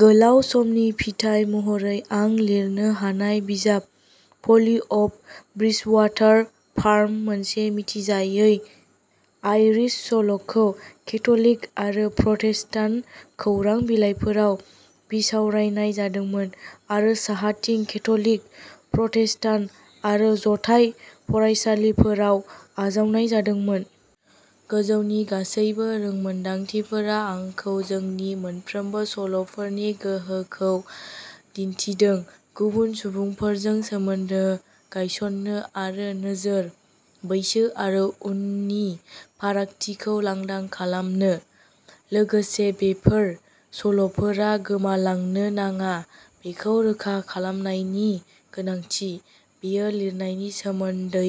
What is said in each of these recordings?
गोलाव समनि फिथाइ महरै आं लिरनो हानाय बिजाब, पलि अफ ब्रिजवाटार फार्म मोनसे मिथिजायै आइरिश सल' खौ केथ'लिक आरो प्रटेस्टान्ट खौरां बिलाइफोराव बिसावरायनाय जादोंमोन आरो साहाथिं केथ'लिक, प्रटेस्टान्ट आरो जथाय फरायसालिफोराव आजावनाय जादोंमोन। गोजौनि गासैबो रोंमोनदांथिफोरा आंखौ जोंनि मोनफ्रोमबो सल'फोरनि गोहोखौ दिन्थिदों, गुबुन सुबुंफोरजों सोमोन्दो गायसन्नो, आरो नोजोर, बैसो आरो उनननि फारागथिखौ लांदां खालामनो। लोगोसे बेफोर सल'फोरा गोमालांनो नाङा बेखौ रोखा खालामनायनि गोनांथि। बेयो लिरनायनि सोमोन्दै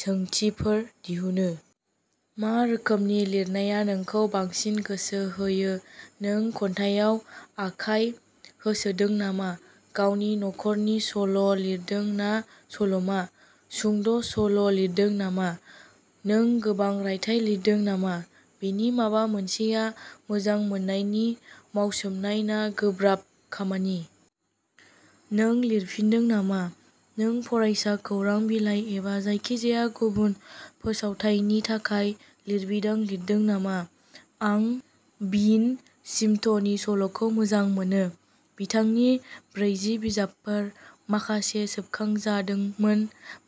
सोंथिफोर दिहुनो। मा रोखोमनि लिरनाया नोंखौ बांसिन गोसो होयो नों खन्थाइयाव आखाइ होसोदों नामा गावनि नखरनि सल' लिरदों ना सल'मा? सुंद' सल' लिरदों नामा? नों गोबां रायथाइ लिरदों नामा? बेनि माबा मोनसेआ मोजां मोननायनि मावसोमनाय ना गोब्राब खामानि? नों लिरफिनदों नामा? नों फरायसा खौरां बिलाइ एबा जायखिजाया गुबुन फोसावथायनि थाखाय लिरबिदां लिरदों नामा? आं भिन स्मिथनि सल'खौ मोजां मोनो। बिथांनि ब्रैजि बिजाबफोर, माखासे सेबखांजादोंमोन,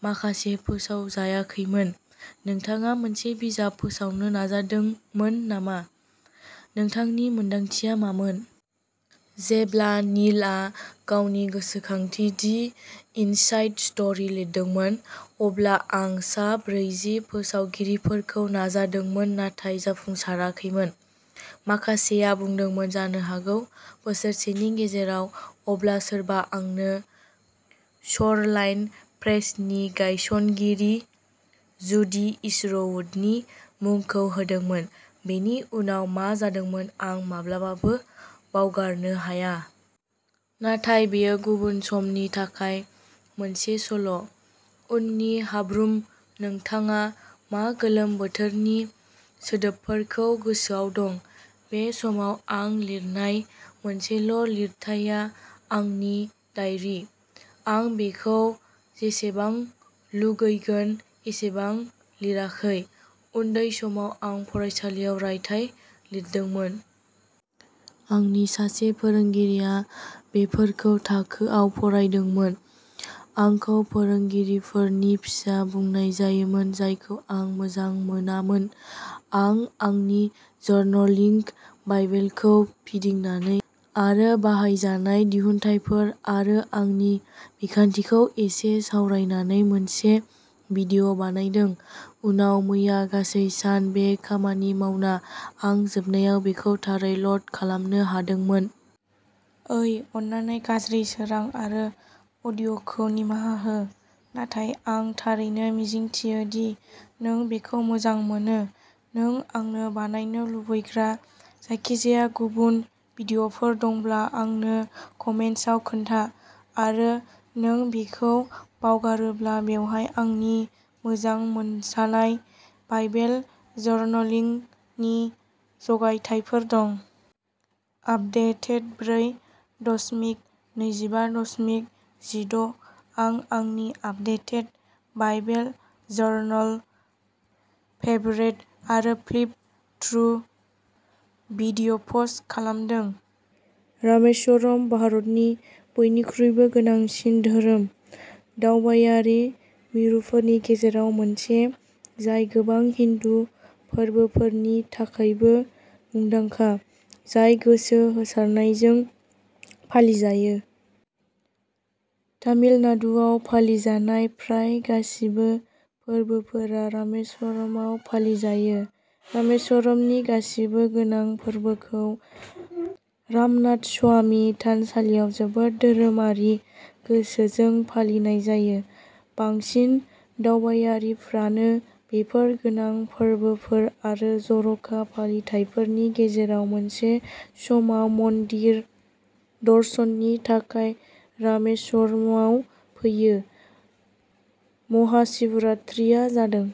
माखासे फोसावजायाखैमोन। नोंथाङा मोनसे बिजाब फोसावनो नाजादोंमोन नामा, नोंथांनि मोन्दांथिया मामोन? जेब्ला नीलआ गावनि गोसोखांथि, दि इनसाइड स्ट'री लिरदोंमोन, अब्ला आं सा ब्रैजि फोसावगिरिफोरखौ नाजादोंमोन नाथाय जाफुंसाराखैमोन। माखासेया बुंदोंमोन जानो हागौ बोसोरसेनि गेजेराव अब्ला सोरबा आंनो श'रलाइन प्रेसनि गायसनगिरि जुडी इशरवुडनि मुंखौ होदोंमोन। बेनि उनाव मा जादोंमोन आं माब्लाबाबो बावगारनो हाया। नाथाय बेयो गुबुन समनि थाखाय मोनसे सल'। उननि हाब्रुम नोंथाङा मा गोलोम बोथोरनि सोदोबफोरखौ गोसोआव दं? बे समाव आं लिरनाय मोनसेल' लिरथाइआ आंनि डायरि। आं बेखौ जेसेबां लुगैगोन एसेबां लिराखै। उन्दै समाव आं फरायसालिआव रायथाइ लिरदोंमोन। आंनि सासे फोरोंगिरिआ बेफोरखौ थाखोयाव फरायदोंमोन। आंखौ फोरोंगिरिफोरनि फिसा बुंनाय जायोमोन जायखौ आं मोजां मोनामोन। आं आंनि जार्नलिंग बाइबेलखौ फिदिंनानै आरो बाहायजानाय दिहुनथायफोर आरो आंनि बिखान्थिखौ एसे सावरायनानै मोनसे भिडिय' बानायदों। उनाव मैया गासै सान बे खामानि मावना, आं जोबनायाव बेखौ थारै ल'ड खालामनो हादोंमोन। ओइ अन्नानै गाज्रि सोरां आरो अडिय'खौ निमाहा हो, नाथाय आं थारैनो मिजिंथियो दि नों बेखौ मोजां मोनो नों आंनो बानायनो लुबैग्रा जायखिजाया गुबुन भिडिय'फोर दंब्ला आंनो कमेन्ट्सआव खोन्था। आरो नों बेखौ बावगारोब्ला, बेवहाय आंनि मोजां मोनजानाय बाइबेल जार्नलिंगनि जगायथायफोर दं। आपदेटेड ब्रै दशमिक नैजिबा दशमिक जिद' आं आंनि आपदेटेड बाइबेल जार्नाल फेभरेट आरो फ्लिप थ्रु भिडिय'पस्ट खालामदों रामेश्वरम, भारतनि बयनिख्रुइबो गोनांसिन धोरोम दावबायारि मिरुफोरनि गेजेराव मोनसे, जाय गोबां हिन्दु फोरबोफोरनि थाखायबो मुंदांखा, जाय गोसो होसारनायजों फालिजायो। तामिलनाडुआव फालिजानाय प्राय गासिबो फोरबोफोरा रामेश्वरमाव फालिजायो। रामेश्वरमनि गासिबो गोनां फोरबोफोरखौ रामनाथस्वामी थानसालियाव जोबोद धोरोमारि गोसोजों फालिनाय जायो। बांसिन दावबायारिफ्रानो बेफोर गोनां फोरबोफोर आरो जर'खा फालिथायफोरनि गेजेराव मोनसे समाव मन्दिर दर्शननि थाखाय रामेश्वरमाव फैयो। महाशिवरात्रिआ जादों